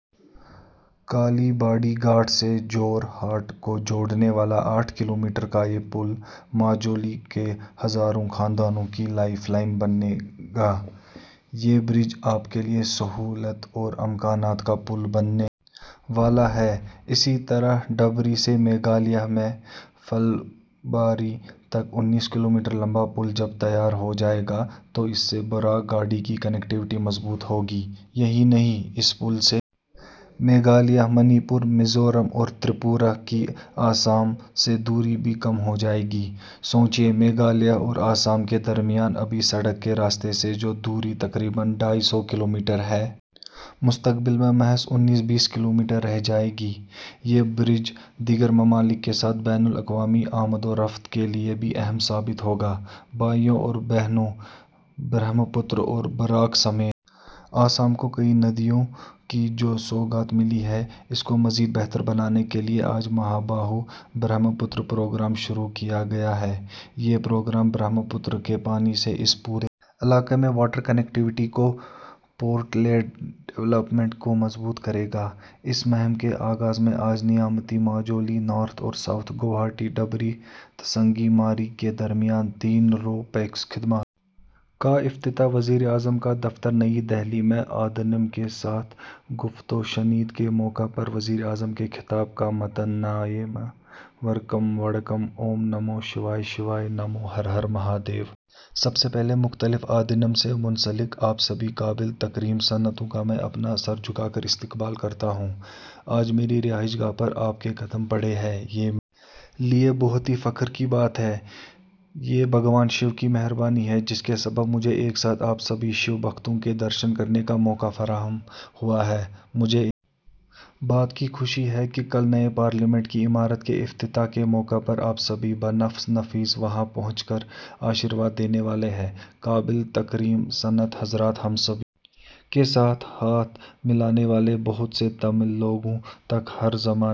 کالی باڑی گھاٹ سے جورہاٹ کو جوڑنے والا آٹھ کلومیٹر کا یہ پل ماجولی کے ہزاروں خاندانوں کی لائف لائن بنے گا یہ برج آپ کے لیے سہولت اور امکانات کا پل بننے والا ہے اسی طرح ڈھبری سے میگھالیہ میں پھلباری تک انیس کلومیٹر لمبا پل جب تیار ہو جائے گا تو اس سے براک گھاٹی کی کنکٹیویٹی مضبوط ہوگی یہی نہیں اس پل سے میگھالیہ منی پور میزورم اور تریپورہ کی آسام سے دوری بھی کم ہو جائے گی سوچیے میگھالیہ اور آسام کے درمیان ابھی سڑک کے راستے سے جو دوری تقریباً ڈھائی سو کلومیٹر ہے مستقبل میں محض انیس بیس کلومیٹر رہ جائے گی یہ برج دیگر ممالک کے ساتھ بین الاقوامی آمد و رفت کے لیے بھی اہم ثابت ہوگا بھائیو اور بہنو برہمپتر اور براک سمیت آسام کو کئی ندیوں کی جو سوغات ملی ہے اس کو مزید بہتر بنانے کے لیے آج مہا باہو برہمپتر پروگرام شروع کیا گیا ہے یہ پروگرام برہمپتر کے پانی سے اس پورے علاقے میں واٹر کنکٹیویٹی کو پورٹ لیڈ ڈیولپمنٹ کو مضبوط کرے گا اس مہم کے آغاز میں آج نیماتی ماجولی نارتھ اور ساؤتھ گوہاٹی ڈھبری تسنگی ماری کے درمیان تین رو پیکس خدمات کا افتتاح وزیراعظم کا دفتر نئی دہلی میں آدینم کے ساتھ گفت و شنید کے موقع پر وزیراعظم کے خطاب کا متن ناینے ورکم وڑککم اوم نمو شوائے شوائے نمو ہر ہر مہادیو سب سے پہلے مختلف آدینم سے منسلک آپ سبھی قابل تکریم سنتوں کا میں اپنا سر جھکا کر استقبال کرتا ہوں آج میری رہائش گاہ پر آپ کے قدم پڑے ہیں یہ میرے لیے بہت ہی فخر کی بات ہے یہ بھگوان شیو کی مہربانی ہے جس کے سبب مجھے ایک ساتھ آپ سبھی شیو بھکتوں کے درشن کرنے کا موقع فراہم ہوا ہے مجھے اس بات کی خوشی ہے کہ کل نئے پارلیمنٹ کی عمارت کے افتتاح کے موقع پر آپ سبھی بہ نفس نفیس وہاں پہنچ کر آشیرواد دینے والے ہیں قابل تکریم سنت حضرات ہم سبھی کے ساتھ ہاتھ ملانے والے بہت سے تمل لوگوں تک ہر زمانے